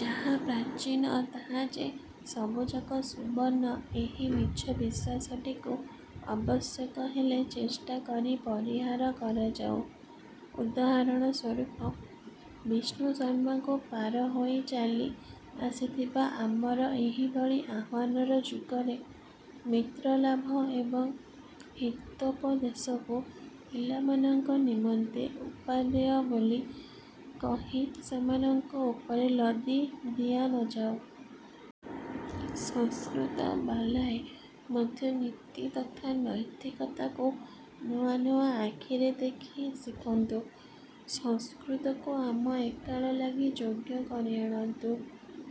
ଯାହା ପ୍ରାଚୀନ ତାହା ଯେ ସବୁଯାକ ସୁବର୍ଣ୍ଣ, ଏହି ମିଛ ବିଶ୍ଵାସଟିକୁ ଆବଶ୍ୟକ ହେଲେ ଚେଷ୍ଟା କରି ପରିହାର କରାଯାଉ। ଉଦାହରଣ ସ୍ଵରୂପ ବିଷ୍ଣୁଶର୍ମାଙ୍କୁ ପାର ହୋଇ ଚାଲି ଆସିଥିବା ଆମର ଏହିଭଳି ଆହ୍ୱାନର ଯୁଗରେ ମିତ୍ର ଲାଭ ଏବଂ ହିତୋପଦେଶକୁ ପିଲାମାନଙ୍କ ନିମନ୍ତେ ଉପାଦେୟ ବୋଲି କହି ସେମାନଙ୍କ ଉପରେ ଲଦି ଦିଆନଯାଉ। ସଂସ୍କୃତବାଲାଏ ମଧ୍ୟ ନୀତି ତଥା ନୈତିକତାକୁ ନୂଆ ନୂଆ ଆଖିରେ ଦେଖି ଶିଖନ୍ତୁ। ସଂସ୍କୃତକୁ ଆମ ଏକାଳ ଲାଗି ଯୋଗ୍ୟ କରି ଆଣନ୍ତୁ।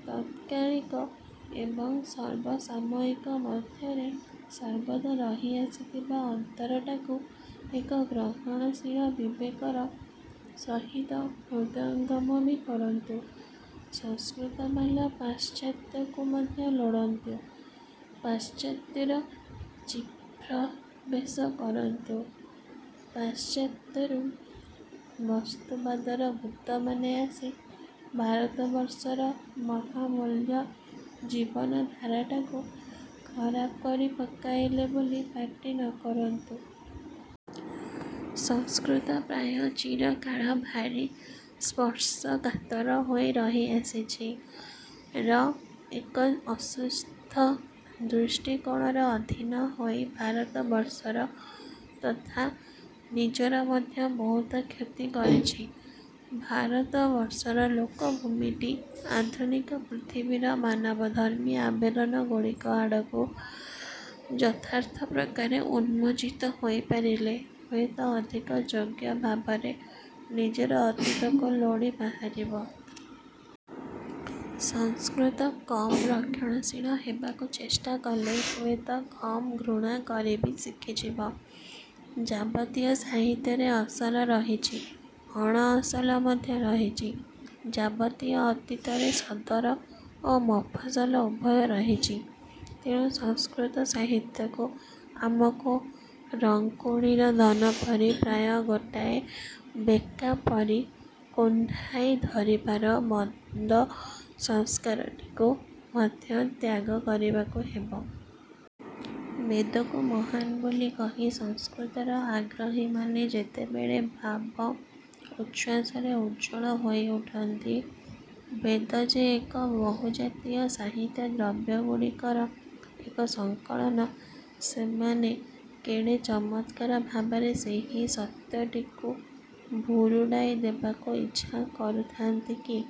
ତାତ୍କାଳିକ ଏବଂ ସର୍ବସାମୟିକ ମଧ୍ୟରେ ସର୍ବଦା ରହି ଆସିଥିବା ଅନ୍ତରଟାକୁ ଏକ ଗ୍ରହଣଶୀଳ ବିବେକର ସହିତ ହୃଦୟଙ୍ଗମ ବି କରନ୍ତୁ। ସଂସ୍କୃତବାଲା ପାଶ୍ଚାତ୍ୟକୁ ମଧ୍ୟ ଲୋଡ଼ନ୍ତୁ, ପାଶ୍ଚାତ୍ୟର ଚିତ୍ପ୍ରବେଶ କରନ୍ତୁ, ପାଶ୍ଚାତ୍ୟରୁ ବସ୍ତୁବାଦର ଭୂତମାନେ ଆସି ଭାରତବର୍ଷର ମହାମୂଲ୍ୟ ଜୀବନଧାରାଟାକୁ ଖରାପ କରି ପକାଇଲେ ବୋଲି ପାଟି ନକରନ୍ତୁ । ସଂସ୍କୃତ ପ୍ରାୟ ଚିରକାଳ ଭାରି ସ୍ପର୍ଶକାତର ହୋଇ ରହିଆସିଛି ର ଏକ ଅସୁସ୍ଥ ଦୃଷ୍ଟିକୋଣର ଅଧୀନ ହୋଇ ଭାରତବର୍ଷର ତଥା ନିଜର ମଧ୍ୟ ବହୁତ କ୍ଷତି କରିଛି। ଭାରତବର୍ଷର ଲୋକଭୂମିଟି ଆଧୁନିକ ପୃଥିବୀର ମାନବଧର୍ମୀ ଆବେଦନ ଗୁଡ଼ିକ ଆଡ଼କୁ ଯଥାର୍ଥ ପ୍ରକାରେ ଉନ୍ମୋଚିତ ହୋଇପାରିଲେ ହୁଏତ ଅଧିକ ଯୋଗ୍ୟ ଭାବରେ ନିଜର ଅତୀତକୁ ଲୋଡ଼ି ବାହାରିବ। ସଂସ୍କୃତ କମ୍ ରକ୍ଷଣଶୀଳ ହେବାକୁ ଚେଷ୍ଟା କଲେ ହୁଏତ କମ୍ ଘୃଣା କରି ବି ଶିଖିଯିବ। ଯାବତୀୟ ସାହିତ୍ୟରେ ଅସଲ ରହିଛି, ଅଣଅସଲ ମଧ୍ୟ ରହିଛି, ଯାବତୀୟ ଅତୀତରେ ସଦର ଓ ମଫସଲ ଉଭୟ ରହିଛି। ତେଣୁ ସଂସ୍କୃତ ସାହିତ୍ୟକୁ ଆମକୁ ରଙ୍କୁଣୀର ଧନ ପରି ପ୍ରାୟ ଗୋଟାଏ ବେକା ପରି କୁଣ୍ଡାଇ ଧରିବାର ମନ୍ଦ ସଂସ୍କାରଟିକୁ ମଧ୍ୟ ତ୍ୟାଗ କରିବାକୁ ହେବ। ବେଦକୁ ମହାନ୍ ବୋଲି କହି ସଂସ୍କୃତର ଆଗ୍ରହୀମାନେ ଯେତେବେଳେ ଭାବଉଚ୍ଛ୍ୱାସରେ ଉଜ୍ଜ୍ୱଳ ହୋଇ ଉଠନ୍ତି, ବେଦ ଯେ ଏକ ବହୁଜାତୀୟ ସାହିତ୍ୟ ଦ୍ରବ୍ୟଗୁଡ଼ିକର ଏକ ସଂକଳନ, ସେମାନେ କେଡ଼େ ଚମତ୍କାର ଭାବରେ ସେହି ସତ୍ୟଟିକୁ ଭୁରୁଡ଼ାଇ ଦେବାକୁ ଇଚ୍ଛା କରୁଥାନ୍ତି କି?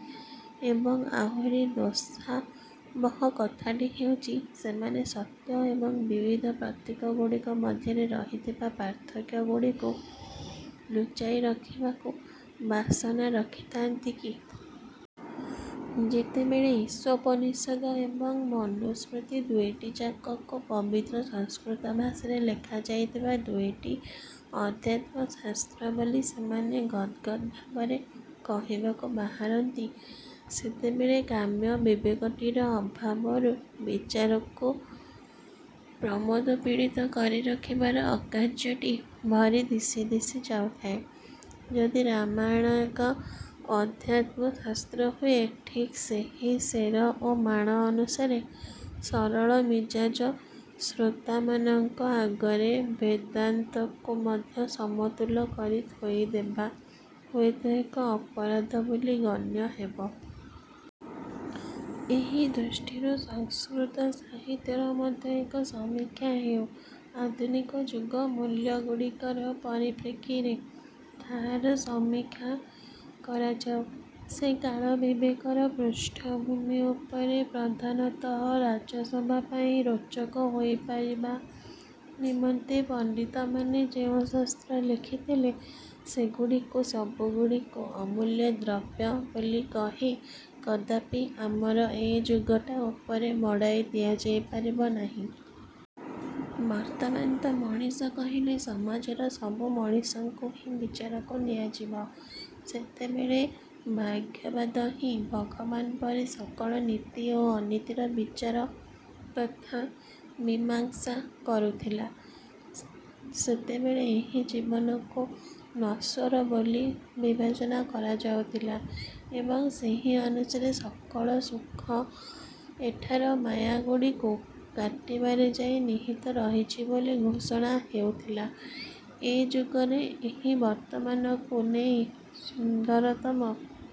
ଏବଂ ଆହୁରି ଦୋଷାବହ କଥାଟି ହେଉଛି, ସେମାନେ ସତ୍ୟ ଏବଂ ବିବିଧ ପ୍ରତୀକଗୁଡ଼ିକ ମଧ୍ୟରେ ରହିଥିବା ପାର୍ଥକ୍ୟଗୁଡ଼ିକୁ ଲୁଚାଇ ରଖିବାକୁ ବାସନା ରଖିଥାନ୍ତି କି? ଯେତେବେଳେ ଈଶୋପନିଷଦ ଏବଂ ମନୁସ୍ମୃତି ଦୁଇଟାଯାକକୁ ପବିତ୍ର ସଂସ୍କୃତ ଭାଷାରେ ଲେଖା ଯାଇଥିବା ଦୁଇଟି ଅଧ୍ୟାତ୍ମଶାସ୍ତ୍ର ବୋଲି ସେମାନେ ଗଦ୍ଗଦ୍ ଭାବରେ କହିବାକୁ ବାହାରନ୍ତି, ସେତେବେଳେ କାମ୍ୟ ବିବେକଟିର ଅଭାବରୁ ବିଚାରକୁ ପ୍ରମାଦପୀଡ଼ିତ କରି ରଖିବାର ଅକାର୍ଯ୍ୟଟି ଭରି ଦିଶି ଦିଶି ଯାଉଥାଏ। ଯଦି ରାମାୟଣ ଏକ ଅଧ୍ୟାତ୍ମଶାସ୍ତ୍ର ହୁଏ, ଠିକ୍ ସେହି ସେର ଓ ମାଣ ଅନୁସାରେ ସରଳମିଜାଜ ଶ୍ରୋତାମାନଙ୍କ ଆଗରେ ବେଦାନ୍ତକୁ ମଧ୍ୟ ସମତୁଲ କରି ଥୋଇଦେବା ହୁଏତ ଏକ ଅପରାଧ ବୋଲି ଗଣ୍ୟ ହେବ। ଏହି ଦୃଷ୍ଟିରୁ ସଂସ୍କୃତ ସାହିତ୍ୟର ମଧ୍ୟ ଏକ ସମୀକ୍ଷା ହେଉ। ଆଧୁନିକ ଯୁଗ ମୂଲ୍ୟ ଗୁଡ଼ିକର ପରିପ୍ରେକ୍ଷୀରେ ତାହାର ସମୀକ୍ଷା କରାଯାଉ। ସେ କାଳ ବିବେକର ପୃଷ୍ଠଭୂମି ଉପରେ ପ୍ରଧାନତଃ ରାଜସଭା ପାଇଁ ରୋଚକ ହୋଇପାରିବା ନିମନ୍ତେ ପଣ୍ଡିତମାନେ ଯେଉଁ ଶାସ୍ତ୍ର ଲେଖିଥଲେ, ସେଗୁଡ଼ିକୁ ସବୁଗୁଡ଼ିକୁ ଅମୂଲ୍ୟ ଦ୍ରବ୍ୟ ବୋଲି କହି କଦାପି ଆମର ଏ ଯୁଗଟା ଉପରେ ମଡ଼ାଇ ଦିଆଯାଇ ପାରିବ ନାହିଁ। ବର୍ତ୍ତମାନ ତ ମଣିଷ କହିଲେ ସମାଜର ସବୁ ମଣିଷଙ୍କୁ ହିଁ ବିଚାରକୁ ନିଆଯିବ। ସେତେବେଳେ ଭାଗ୍ୟବାଦ ହିଁ ଭଗବାନ ପରି ସକଳ ନୀତି ଓ ଅନୀତିର ବିଚାର ତଥା ମୀମାଂସା କରୁଥିଲା। ସେତେବେଳେ ଏହି ଜୀବନକୁ ନଶ୍ୱର ବୋଲି ବିବେଚନା କରାଯାଉଥିଲା ଏବଂ ସେହି ଅନୁସାରେ ସକଳ ସୁଖ ଏଠାର ମାୟାଗୁଡ଼ିକୁ କାଟିବାରେ ଯାଇ ନିହିତ ରହିଛି ବୋଲି ଘୋଷଣା ହେଉଥିଲା। ଏ ଯୁଗରେ, ଏହି ବର୍ତ୍ତମାନକୁ ନେଇ ସୁନ୍ଦରତମ